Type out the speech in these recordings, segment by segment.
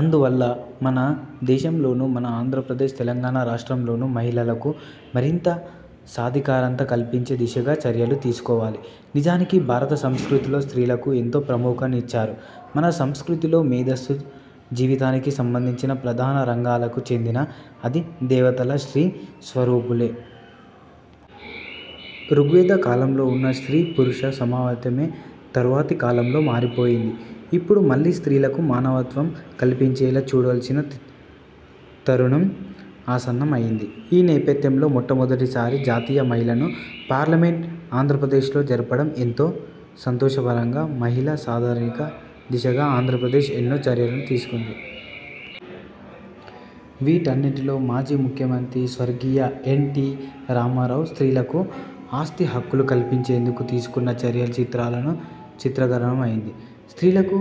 అందువల్ల మన దేశంలోనూ, మన ఆంధ్రప్రదేశ్, తెలంగాణ రాష్ట్రాల్లోనూ మహిళలకు మరింత సాధికారత కల్పించే దిశగా చర్యలు తీసుకోవాలి. నిజానికి భారతీయ సంస్కృతిలో స్త్రీలకు ఎంతో ప్రాముఖ్యత నిచ్చారు. మన సంస్కృతిలో మేధస్సు, జీవితానికి సంబంధించిన ప్రధాన రంగాలకు చెందిన అధి దేవతలు స్త్రీ స్వరూపులే. రుగ్వేద కాలంలో ఉన్న స్త్రీ పురుష సమానత్వం తర్వాతి కాలంలో మారిపోయింది. ఇప్పుడు మళ్లీ స్త్రీలకు సమానత్వం కల్పించేలా చూడాల్సిన తరుణం ఆసన్నమైంది. ఈ నేపథ్యంలో మొట్టమొదటిసారి జాతీయ మహిళా పార్లమెంట్ ఆంధ్రప్రదేశ్లో జరగడం ఎంతో సంతోషకరం. మహిళా సాధికారత దిశగా ఆంధ్రప్రదేశ్ ఎన్నో చర్యల్ని తీసుకుంది. వీటన్నిటిలో మాజీ ముఖ్యమంత్రి స్వర్గీయ ఎన్ టి రామారావు స్త్రీలకు ఆస్తి హక్కు కల్పించేందుకు తీసుకున్న చర్య చరిత్రాత్మకమైనది. స్త్రీలకు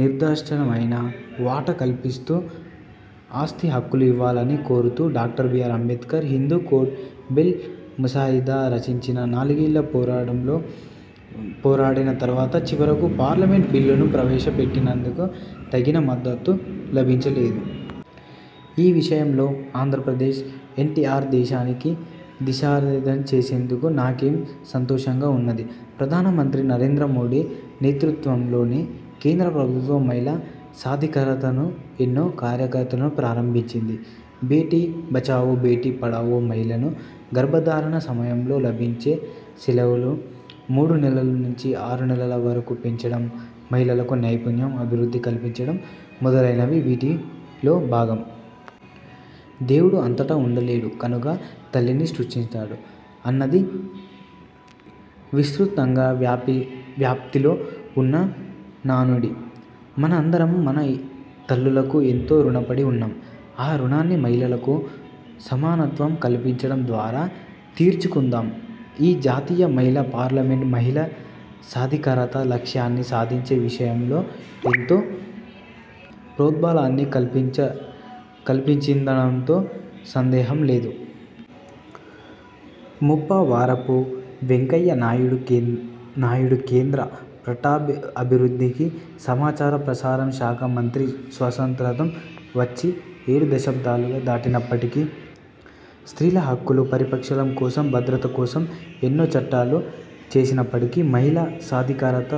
నిర్దిష్టమైన వాటా కల్పిస్తూ ఆస్తి హక్కు ఇవ్వాలని కోరుతూ డా. B. R. Ambedkar Hindu code bill ముసాయిదా రచించి నాలుగేళ్లు పోరాడిన తర్వాత చివరకు పార్లమెంట్లో బిల్లును ప్రవేశపెట్టినప్పటికీ తగిన మద్దతు లభించలేదు. ఈ విషయంలో ఆంధ్రప్రదేశ్, ఎన్టీఆర్ దేశానికి దిశానిర్దేశం చేసినందుకు నాకెంతో సంతోషంగా ఉన్నది. ప్రధానమంత్రి నరేంద్రమోదీ నేతృత్వంలోని కేంద్ర ప్రభుత్వం మహిళా సాధికారతకు ఎన్నో కార్యక్రమాలు ప్రారంభించింది. 'బేటీ బచావో– బేటీ పడావో', మహిళలకు గర్భధారణ సమయంలో లభించే సెలవును మూడు నెలల నుంచి ఆరు నెలల వరకు పెంచడం, మహిళలకు నైపుణ్య అభివృద్ధి కల్పించడం మొదలైనవి వీటిలో భాగం. 'దేవుడు అంతటా ఉండలేడు కనుక తల్లిని సృష్టించాడు' అన్నది విస్తృతంగా వ్యాప్తిలో ఉన్న నానుడి. మనందరం మన తల్లులకు ఎంతో రుణపడి ఉన్నాం. ఆ రుణాన్ని మహిళలకు సమానత్వం కల్పించడం ద్వారా తీర్చుకుందాం. ఈ జాతీయ మహిళా పార్లమెంట్ మహిళా సాధికారత లక్ష్యాన్ని సాధించే విషయంలో ఎంతో ప్రోద్బలాన్ని కల్పించిందనడంలో సందేహం లేదు. ముప్పవరపు వెంకయ్యనాయుడుకేంద్ర పట్టణాభివృద్ధి, సమాచార ప్రసార శాఖ మంత్రి స్వాతంత్ర్యం వచ్చి ఏడు దశాబ్దాలు దాటినప్పటికీ, స్త్రీల హక్కుల పరిరక్షణ కోసం, భద్రత కోసం ఎన్నో చట్టాలు చేసినప్పటికీ మహిళా సాధికారత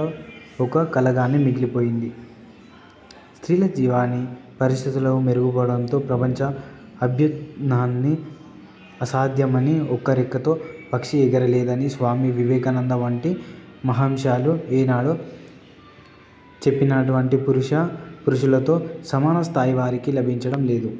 ఒక కలగానే మిగిలిపోయింది. స్త్రీల జీవన పరిస్థితులు మెరుగుపడకపోతే ప్రపంచ అభ్యున్నతి అసాధ్యమని, ఒకే రెక్కతో పక్షి ఎగరలేదని స్వామి వివేకానంద వంటి మహాశయులు ఏనాడో చెప్పినప్పటికీ, పురుషులతో సమాన స్థాయి వారికి లభించడం లేదు.